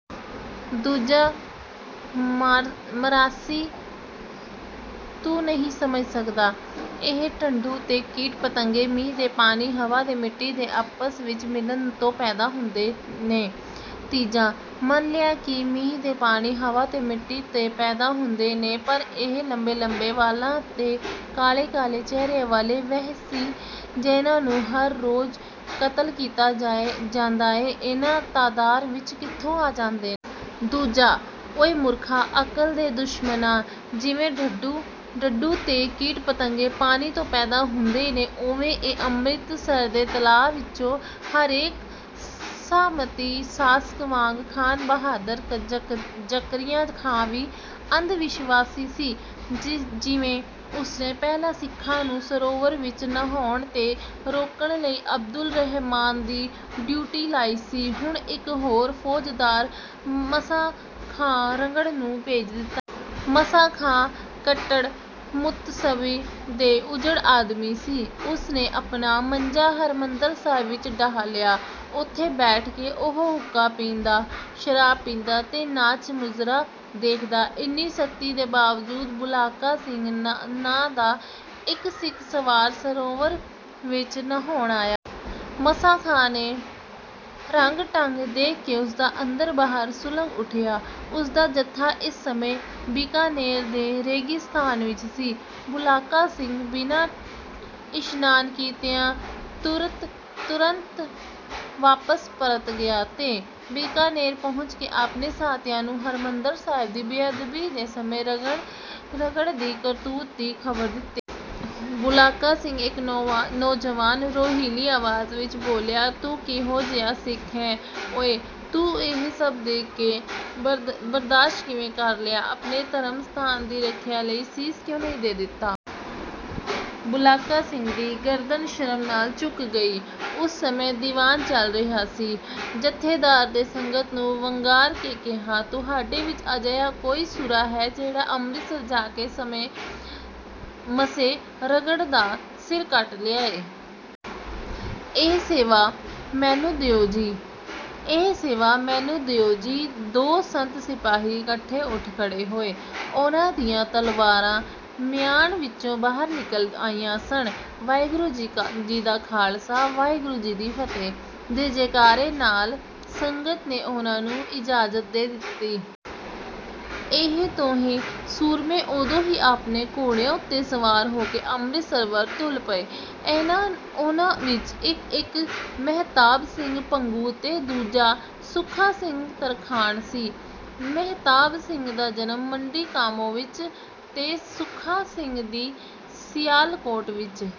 ਦੂਜਾ ਮਰਾਸੀ, "ਤੂੰ ਨਹੀਂ ਸਮਝ ਸਕਦਾ। ਇਹ ਟੰਡੂ ਤੇ ਕੀਟ-ਪਤੰਗੇ ਮੀਂਹ ਦੇ ਪਾਣੀ, ਹਵਾ ਤੇ ਮਿੱਟੀ ਦੇ ਆਪਸ ਵਿੱਚ ਮਿਲਣ ਤੋਂ ਪੈਦਾ ਹੁੰਦੇ ਨੇ।" ਤੀਜਾ, "ਮੰਨ ਲਿਆ ਕਿ ਮੀਂਹ ਦੇ ਪਾਣੀ, ਹਵਾ ਤੇ ਮਿੱਟੀ ਤੇਂ ਪੈਦਾ ਹੁੰਦੇ ਨੇ ਪਰ ਇਹ ਲੰਮੇ ਲੰਮੇ ਵਾਲਾਂ ਤੇ ਕਾਲੇ ਕਾਲੇ ਚਿਹਰਿਆਂ ਵਾਲੇ ਵਹਿਸੀ, ਜਿਹਨਾਂ ਨੂੰ ਹਰ ਰੋਜ਼ ਕਤਲ ਕੀਤਾ ਜਾਂਦਾ ਏ, ਇੰਨਾ ਤਾਦਾਰ ਵਿੱਚ ਕਿੱਥੋਂ ਆ ਜਾਂਦੇ ਨੇ?" ਦੂਜਾ, "ਓਏ ਮੂਰਖਾ, ਅਕਲ ਦੇ ਦੁਸ਼ਮਣਾ। ਜਿਵੇਂ ਡੱਡੂ ਤੇ ਕੀਟ-ਪਤੰਗੇ, ਪਾਣੀ ਤੋਂ ਪੈਦਾ ਹੁੰਦੇ ਨੇ, ਓਵੇਂ ਇਹ ਅੰਮ੍ਰਿਤਸਰ ਦੇ ਤਲਾਅ ਵਿੱਚੋਂ।" ਹਰੇਕ ਸਾਮੰਤੀ ਸ਼ਾਸਕ ਵਾਂਗ ਖਾਨ ਬਹਾਦਰ ਜ਼ਕਰੀਆ ਖਾਂ ਵੀ ਅੰਧਵਿਸ਼ਵਾਸੀ ਸੀ। ਜਿਵੇਂ ਉਸਨੇ ਪਹਿਲਾਂ ਸਿੱਖਾਂ ਨੂੰ ਸਰੋਵਰ ਵਿੱਚ ਨਹਾਉਣ ਤੇਂ ਰੋਕਣ ਲਈ ਅਬਦੁਲ ਰਹਿਮਾਨ ਦੀ ਡਿਊਟੀ ਲਾਈ ਸੀ, ਹੁਣ ਇੱਕ ਹੋਰ ਫੌਜਦਾਰ ਮੱਸਾ ਖਾਂ ਰੰਘੜ ਨੂੰ ਭੇਜ ਦਿੱਤਾ। ਮੱਸਾ ਖਾਂ ਕੱਟੜ ਮੁਤੱਸਬੀ ਤੇ ਉੱਜੜ ਆਦਮੀ ਸੀ। ਉਸਨੇ ਆਪਣਾ ਮੰਜਾ ਹਰਿਮੰਦਰ ਸਾਹਿਬ ਵਿੱਚ ਡਾਹ ਲਿਆ। ਉੱਥੇ ਬੈਠ ਕੇ ਉਹ ਹੁੱਕਾ ਪੀਂਦਾ, ਸ਼ਰਾਬ ਪੀਂਦਾ ਤੇ ਨਾਚ-ਮੁਜਰਾ ਦੇਖਦਾ। ਇੰਨੀ ਸਖਤੀ ਦੇ ਬਾਵਜੂਦ ਬੁਲਾਕਾ ਸਿੰਘ ਨਾਂ ਦਾ ਇੱਕ ਸਿੱਖ ਸਵਾਰ ਸਰੋਵਰ ਵਿੱਚ ਨਹਾਉਣ ਆਇਆ। ਮੱਸਾ ਖਾਂ ਨੇ ਰੰਗ-ਢੰਗ ਦੇਖ ਕੇ ਉਸਦਾ ਅੰਦਰ-ਬਾਹਰ ਸੁਲਗ ਉੱਠਿਆ। ਉਸਦਾ ਜੱਥਾ ਇਸ ਸਮੇਂ ਬੀਕਾਨੇਰ ਦੇ ਰੇਗਿਸਤਾਨ ਵਿੱਚ ਸੀ। ਬੁਲਾਕਾ ਸਿੰਘ ਬਿਨਾਂ ਇਸ਼ਨਾਨ ਕੀਤਿਆਂ ਤੁਰੰਤ ਵਾਪਸ ਪਰਤ ਗਿਆ ਤੇ ਬੀਕਾਨੇਰ ਪਹੁੰਚ ਕੇ ਆਪਣੇ ਸਾਥੀਆਂ ਨੂੰ ਹਰਿਮੰਦਰ ਸਾਹਿਬ ਦੀ ਬੇਅਦਬੀ ਦੇ ਸਮੇਂ ਰੰਘੜ ਦੀ ਕਰਤੂਤ ਦੀ ਖ਼ਬਰ ਦਿੱਤੀ। "ਬੁਲਾਕਾ ਸਿੰਘ।" ਇੱਕ ਨੌਜਵਾਨ ਰੋਹੀਲੀ ਆਵਾਜ਼ ਵਿੱਚ ਬੋਲਿਆ, "ਤੂੰ ਕਿਹੋ ਜਿਹਾ ਸਿੱਖ ਏਂ ਓਏ? ਤੂੰ ਇਹ ਸਭ ਦੇਖ ਕੇ ਬਰਦਾਸ਼ਤ ਕਿਵੇਂ ਕਰ ਲਿਆ? ਆਪਣੇ ਧਰਮ ਸਥਾਨ ਦੀ ਰੱਖਿਆ ਲਈ ਸੀਸ ਕਿਉਂ ਨਹੀਂ ਦੇ ਦਿੱਤਾ?" ਬੁਲਾਕਾ ਸਿੰਘ ਦੀ ਗਰਦਨ ਸ਼ਰਮ ਨਾਲ ਝੁਕ ਗਈ। ਉਸ ਸਮੇਂ ਦੀਵਾਨ ਚੱਲ ਰਿਹਾ ਸੀ। ਜਥੇਦਾਰ ਦੇ ਸੰਗਤ ਨੂੰ ਵੰਗਾਰ ਕੇ ਕਿਹਾ, "ਤੁਹਾਡੇ ਵਿੱਚ ਅਜਿਹਾ ਕੋਈ ਸੂਰਾ ਹੈ ਜਿਹੜਾ ਅੰਮ੍ਰਿਤਸਰ ਜਾ ਕੇ ਮੱਸੇ ਰੰਘੜ ਦਾ ਸਿਰ ਕੱਟ ਲਿਆਏ?" "ਇਹ ਸੇਵਾ ਮੈਨੂੰ ਦਿਓ ਜੀ।" "ਇਹ ਸੇਵਾ ਮੈਨੂੰ ਦਿਓ ਜੀ।" ਦੋ ਸੰਤ-ਸਿਪਾਹੀ ਇਕੱਠੇ ਉੱਠ ਖੜ੍ਹੇ ਹੋਏ। ਉਹਨਾਂ ਦੀਆਂ ਤਲਵਾਰਾਂ ਮਿਆਨ ਵਿੱਚੋਂ ਬਾਹਰ ਨਿਕਲ ਆਈਆਂ ਸਨ। "ਵਾਹਿਗੁਰੂ ਜੀ ਦਾ ਖਾਲਸਾ, ਵਾਹਿਗੁਰੂ ਜੀ ਦੀ ਫਤਿਹ" ਦੇ ਜੈਕਾਰੇ ਨਾਲ ਸੰਗਤ ਨੇ ਉਹਨਾਂ ਨੂੰ ਇਜਾਜ਼ਤ ਦੇ ਦਿੱਤੀ। ਇਹ ਦੋਹੇਂ ਸੂਰਮੇ ਉਦੋਂ ਹੀ ਆਪਣੇ ਘੋੜਿਆਂ ਉੱਤੇ ਸਵਾਰ ਹੋ ਕੇ ਅੰਮ੍ਰਿਤਸਰ ਵੱਲ ਤੁਰ ਪਏ। ਉਹਨਾਂ ਵਿੱਚ ਇੱਕ ਮਹਿਤਾਬ ਸਿੰਘ ਭੰਗੂ ਤੇ ਦੂਜਾ ਸੁੱਖਾ ਸਿੰਘ ਤਰਖਾਣ ਸੀ। ਮਹਿਤਾਬ ਸਿੰਘ ਦਾ ਜਨਮ ਮੰਡੀ ਕਾਮੋਂ ਵਿੱਚ ਤੇ ਸੁੱਖਾ ਸਿੰਘ ਦੀ ਸਿਆਲਕੋਟ ਵਿੱਚ